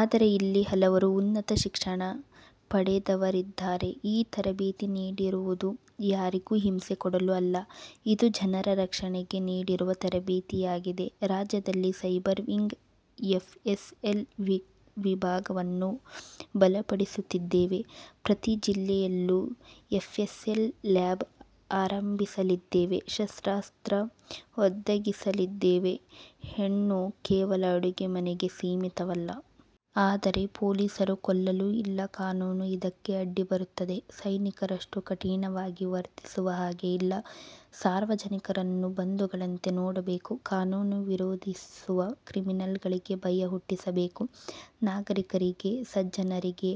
ಆದರೆ ಇಲ್ಲಿ ಹಲವರು ಉನ್ನತ ಶಿಕ್ಷಣ ಪಡೆದವರಿದ್ದಾರೆ. ಈ ತರಬೇತಿ ನೀಡಿರುವುದು ಯಾರಿಗೂ ಹಿಂಸೆ ಕೊಡಲು ಅಲ್ಲ. ಇದು ಜನರ ರಕ್ಷಣೆಗೆ ನೀಡಿರುವ ತರಬೇತಿಯಾಗಿದೆ. ರಾಜ್ಯದಲ್ಲಿ ಸೈಬರ್ ವಿಂಗ್ ಎಫ್ಎಸ್ಎಲ್ ವಿಭಾಗವನ್ನು ಬಲಪಡಿಸುತ್ತಿದ್ದೇವೆ. ಪ್ರತಿ ಜಿಲ್ಲೆಯಲ್ಲೂ ಎಫ್ಎಸ್ಎಲ್ ಲ್ಯಾಬ್ ಆರಂಭಿಸಲಿದ್ದೇವೆ, ಶಸ್ತ್ರಾಸ್ತ್ರ ಒದಗಿಸಲಿದ್ದೇವೆ. ಹೆಣ್ಣು ಕೇವಲ ಅಡುಗೆ ಮನೆಗೆ ಸೀಮಿತವಲ್ಲ. ಆದರೆ ಪೊಲೀಸರು ಕೊಲ್ಲಲು ಇಲ್ಲ ಕಾನೂನು ಇದಕ್ಕೆ ಅಡ್ಡಿಬರುತ್ತದೆ. ಸೈನಿಕರಷ್ಟು ಕಠಿಣವಾಗಿ ವರ್ತಿಸುವ ಹಾಗೆ ಇಲ್ಲ. ಸಾರ್ವಜನಿಕರನ್ನು ಬಂಧುಗಳಂತೆ ನೋಡಬೇಕು. ಕಾನೂನು ವಿರೋಧಿಸುವ ಕ್ರಿಮಿನಲ್ಗಳಿಗೆ ಭಯ ಹುಟ್ಟಿಸಬೇಕು. ನಾಗರೀಕರಿಗೆ ಸಜ್ಜನರಿಗೆ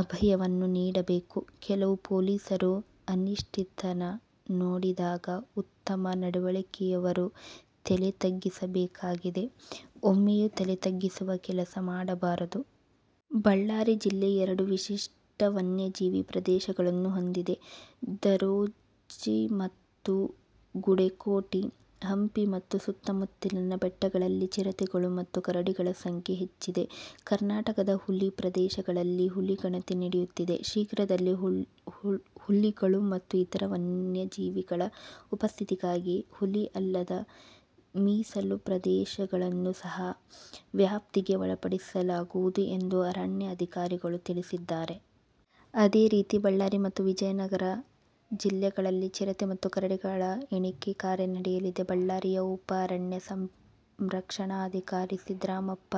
ಅಭಯವನ್ನು ನೀಡಬೇಕು. ಕೆಲವು ಪೊಲೀಸರು ಅನಿಷ್ಟತನ ನೋಡಿದಾಗ ಉತ್ತಮ ನಡವಳಿಕೆಯವರು ತಲೆ ತಗ್ಗಿಸಬೇಕಾಗಿದೆ. ಒಮ್ಮೆಯೂ ತಲೆ ತಗ್ಗಿಸುವ ಕೆಲಸ ಮಾಡಬಾರದು. ಬಳ್ಳಾರಿ ಜಿಲ್ಲೆ ಎರಡು ವಿಶಿಷ್ಟ ವನ್ಯಜೀವಿ ಪ್ರದೇಶಗಳನ್ನು ಹೊಂದಿದೆ. ದರೋಜಿ ಮತ್ತು ಗುಡೇಕೋಟೆ. ಹಂಪಿ ಮತ್ತು ಸುತ್ತಮುತ್ತಲಿನ ಬೆಟ್ಟಗಳಲ್ಲಿ ಚಿರತೆಗಳು ಮತ್ತು ಕರಡಿಗಳ ಸಂಖ್ಯೆ ಹೆಚ್ಚಿದೆ. ಕರ್ನಾಟಕದ ಹುಲಿ ಪ್ರದೇಶಗಳಲ್ಲಿ ಹುಲಿ ಗಣತಿ ನಡೆಯುತ್ತಿದೆ. ಶೀಘ್ರದಲ್ಲೇ ಹುಲಿಗಳು ಮತ್ತು ಇತರ ವನ್ಯಜೀವಿಗಳ ಉಪಸ್ಥಿತಿಗಾಗಿ ಹುಲಿ ಅಲ್ಲದ ಮೀಸಲು ಪ್ರದೇಶಗಳನ್ನು ಸಹ ವ್ಯಾಪ್ತಿಗೆ ಒಳಪಡಿಸಲಾಗುವುದು ಎಂದು ಅರಣ್ಯ ಅಧಿಕಾರಿಗಳು ತಿಳಿಸಿದ್ದಾರೆ. ಅದೇ ರೀತಿ ಬಳ್ಳಾರಿ ಮತ್ತು ವಿಜಯನಗರ ಜಿಲ್ಲೆಗಳಲ್ಲಿ ಚಿರತೆ ಮತ್ತು ಕರಡಿಗಳ ಎಣಿಕೆ ಕಾರ್ಯ ನಡೆಯಲಿದೆ. ಬಳ್ಳಾರಿಯ ಉಪ ಅರಣ್ಯ ಸಂರಕ್ಷಣಾಧಿಕಾರಿ ಸಿದ್ರಾಮಪ್ಪ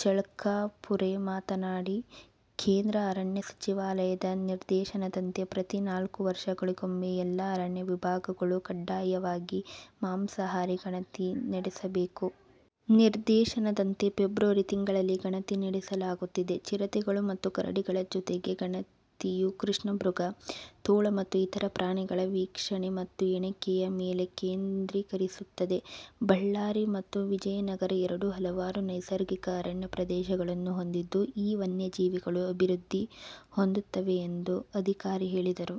ಚಳ್ಕಾಪುರೆ ಮಾತನಾಡಿ, ಕೇಂದ್ರ ಅರಣ್ಯ ಸಚಿವಾಲಯದ ನಿರ್ದೇಶನದಂತೆ ಪ್ರತಿ ನಾಲ್ಕು ವರ್ಷಗಳಿಗೊಮ್ಮೆ ಎಲ್ಲಾ ಅರಣ್ಯ ವಿಭಾಗಗಳು ಕಡ್ಡಾಯವಾಗಿ ಮಾಂಸಾಹಾರಿ ಗಣತಿ ನಡೆಸಬೇಕು. ನಿರ್ದೇಶನದಂತೆ ಫೆಬ್ರವರಿ ತಿಂಗಳಲ್ಲಿ ಗಣತಿ ನಡೆಸಲಾಗುತ್ತಿದೆ. ಚಿರತೆಗಳು ಮತ್ತು ಕರಡಿಗಳ ಜೊತೆಗೆ, ಗಣತಿಯು ಕೃಷ್ಣಮೃಗ, ತೋಳ ಮತ್ತು ಇತರ ಪ್ರಾಣಿಗಳ ವೀಕ್ಷಣೆ ಮತ್ತು ಎಣಿಕೆಯ ಮೇಲೆ ಕೇಂದ್ರೀಕರಿಸುತ್ತದೆ. ಬಳ್ಳಾರಿ ಮತ್ತು ವಿಜಯನಗರ ಎರಡೂ ಹಲವಾರು ನೈಸರ್ಗಿಕ ಅರಣ್ಯ ಪ್ರದೇಶಗಳನ್ನು ಹೊಂದಿದ್ದು, ಈ ವನ್ಯಜೀವಿಗಳು ಅಭಿವೃದ್ಧಿ ಹೊಂದುತ್ತವೆ ಎಂದು ಅಧಿಕಾರಿ ಹೇಳಿದರು.